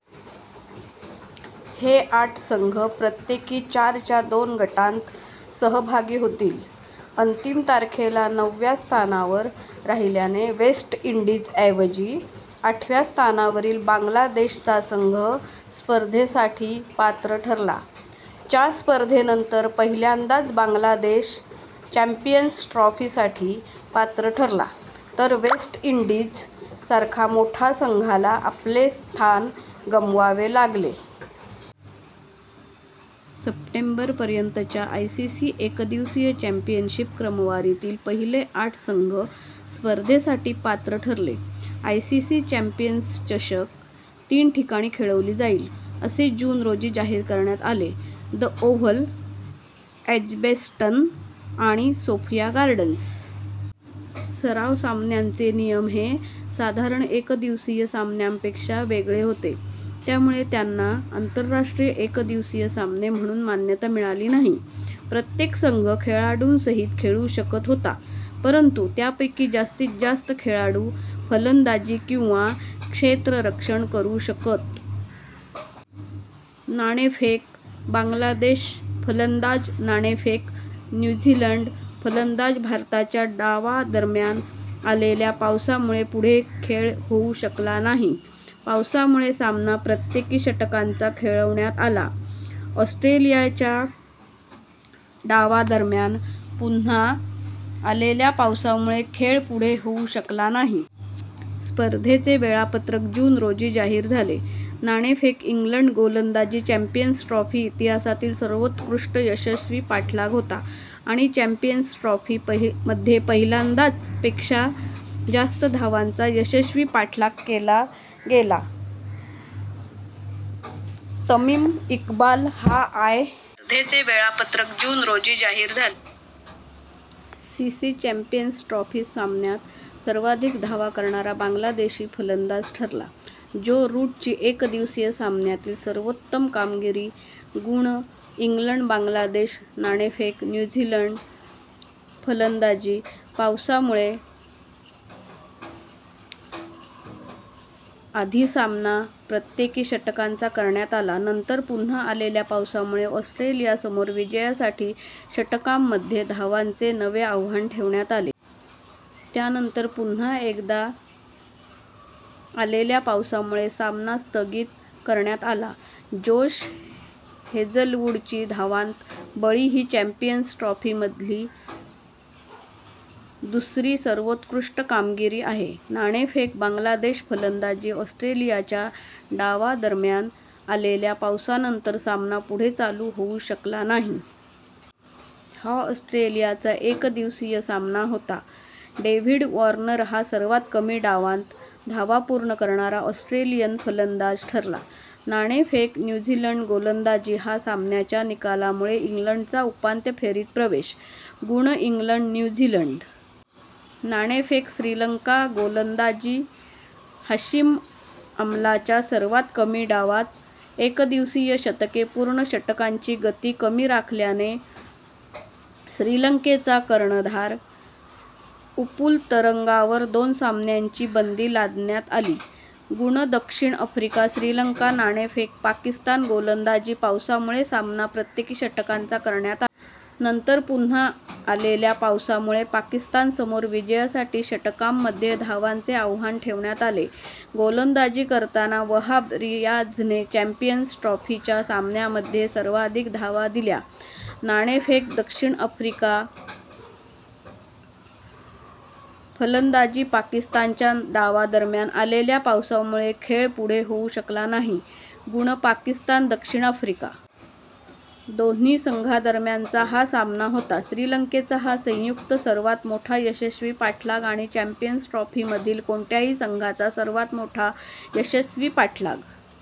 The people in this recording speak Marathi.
हे आठ संघ प्रत्येकी चारच्या दोन गटांत सहभागी होतील. अंतिम तारखेला नवव्या स्थानावर राहिल्याने वेस्ट इंडीज ऐवजी आठव्या स्थानावरील बांगलादेश चा संघ स्पर्धेसाठी पात्र ठरला. च्या स्पर्धेनंतर पहिल्यांदाच बांगलादेश चॅम्पियन्स ट्रॉफीसाठी पात्र ठरला, तर वेस्ट इंडीज सारखा मोठा संघाला आपले स्थान गमवावे लागले. सप्टेंबर पर्यंतच्या आयसीसी एकदिवसीय चॅम्पियनशीप क्रमवारीतील पहिले आठ संघ स्पर्धेसाठी पात्र ठरले: आयसीसी चॅम्पियन्स चषक तीन ठिकाणी खेळवली जाईल असे जून रोजी जाहीर करण्यात आले.: द ओव्हल, एजबॅस्टन आणि सोफिया गार्डन्स. सराव सामन्यांचे नियम हे साधारण एकदिवसीय सामन्यांपेक्षा वेगळे होते, त्यामुळे त्यांना आंतरराष्ट्रीय एकदिवसीय सामने म्हणून मान्यता मिळाली नाही. प्रत्येक संघ खेळाडूंसहीत खेळू शकत होता, परंतु त्यापैकी जास्तीत जास्त खेळाडू फलंदाजी किंवा क्षेत्ररक्षण करु शकत. नाणेफेक: बांगलादेश, फलंदाज नाणेफेक: न्यू झीलंड, फलंदाज भारताच्या डावादरम्यान आलेल्या पावसामुळे पुढे खेळ होऊ शकला नाही. पाऊसामुळे सामना प्रत्येकी षटकांचा खेळवण्यात आला. ऑस्ट्रेलियाच्या डावा दरम्यान पुन्हा आलेल्या पावसामुळे खेळ पुढे होऊ शकला नाही. स्पर्धेचे वेळापत्रक जून रोजी जाहीर झाले. नाणेफेक: इंग्लंड, गोलंदाजी चॅम्पियन्स ट्रॉफी इतिहासातील सर्वोत्कृष्ट यशस्वी पाठलाग होता आणि चॅम्पियन्स ट्रॉफी मध्ये पहिल्यांदाच पेक्षा जास्त धावांचा यशस्वी पाठलाग केला गेला. तमिम इक्बाल हा I. C. C. Champions trophy सामन्यात सर्वाधिक धावा करणारा बांगलादेशी फलंदाज ठरला. ज्यो रूटची एकदिवसीय सामन्यातील सर्वोत्तम कामगिरी. गुण: इंग्लंड, बांगलादेश. नाणेफेक: न्यू झीलंड, फलंदाजी पावसामुळे आधी सामना प्रत्येकी षटकांचा करण्यात आला, नंतर पुन्हा आलेल्या पावसामुळे ऑस्ट्रेलियासमोर विजयासाठी षटकांमध्ये धावांचे नवे आव्हान ठेवण्यात आले. त्यानंतर पुन्हा एकदा आलेल्या पावसामुळे सामना स्थगित करण्यात आला. जोश हेजलवूडची धावांत बळी ही चॅम्पियन्स ट्रॉफीमधील दुसरी सर्वोत्कृष्ट कामगिरी आहे. नाणेफेक: बांगलादेश, फलंदाजी ऑस्ट्रेलियाच्या डावादरम्यान आलेल्या पावसानंतर सामना पुढे चालू होवू शकला नाही. हा ऑस्ट्रेलियाचा एकदिवसीय सामना होता. डेव्हिड वॉर्नर हा सर्वात कमी डावांत धावा पूर्ण करणारा ऑस्ट्रेलियन फलंदाज ठरला. नाणेफेक: न्यू झीलंड, गोलंदाजी ह्या सामन्याच्या निकालामुळे इंग्लंडचा उपांत्य फेरीत प्रवेश. गुण: इंग्लंड, न्यू झीलंड. नाणेफेक: श्रीलंका, गोलंदाजी हाशिम आमलाच्या सर्वात कमी डावांत एकदिवसीय शतके पूर्ण षटकांची गती कमी राखल्याने श्रीलंकेचा कर्णधार उपुल तरंगावर दोन सामन्यांची बंदी लादण्यात आली. गुण: दक्षिण आफ्रिका, श्रीलंका नाणेफेक: पाकिस्तान, गोलंदाजी पावसामुळे सामना प्रत्येकी षटकांचा करण्यात आला. नंतर पुन्हा आलेल्या पावसामुळे पाकिस्तानसमोर विजयासाठी षटकांमध्ये धावांचे आव्हान ठेवण्यात आले. गोलंदाजी करताना वहाब रियाझने चॅम्पियन्स ट्रॉफीच्या सामन्यामध्ये सर्वाधिक धावा दिल्या. नाणेफेक: दक्षिण आफ्रिका, फलंदाजी पाकिस्तानच्या डावादरम्यान आलेल्या पावसामुळे खेळ पुढे होऊ शकला नाही गुणः पाकिस्तान, दक्षिण आफ्रिका. दोन्ही संघांदरम्यानचा हा सामना होता. श्रीलंकेचा हा संयुक्त सर्वात मोठा यशस्वी पाठलाग आणि चॅम्पियन्स ट्रॉफीमधील कोणत्याही संघाचा सर्वात मोठा यशस्वी पाठलाग.।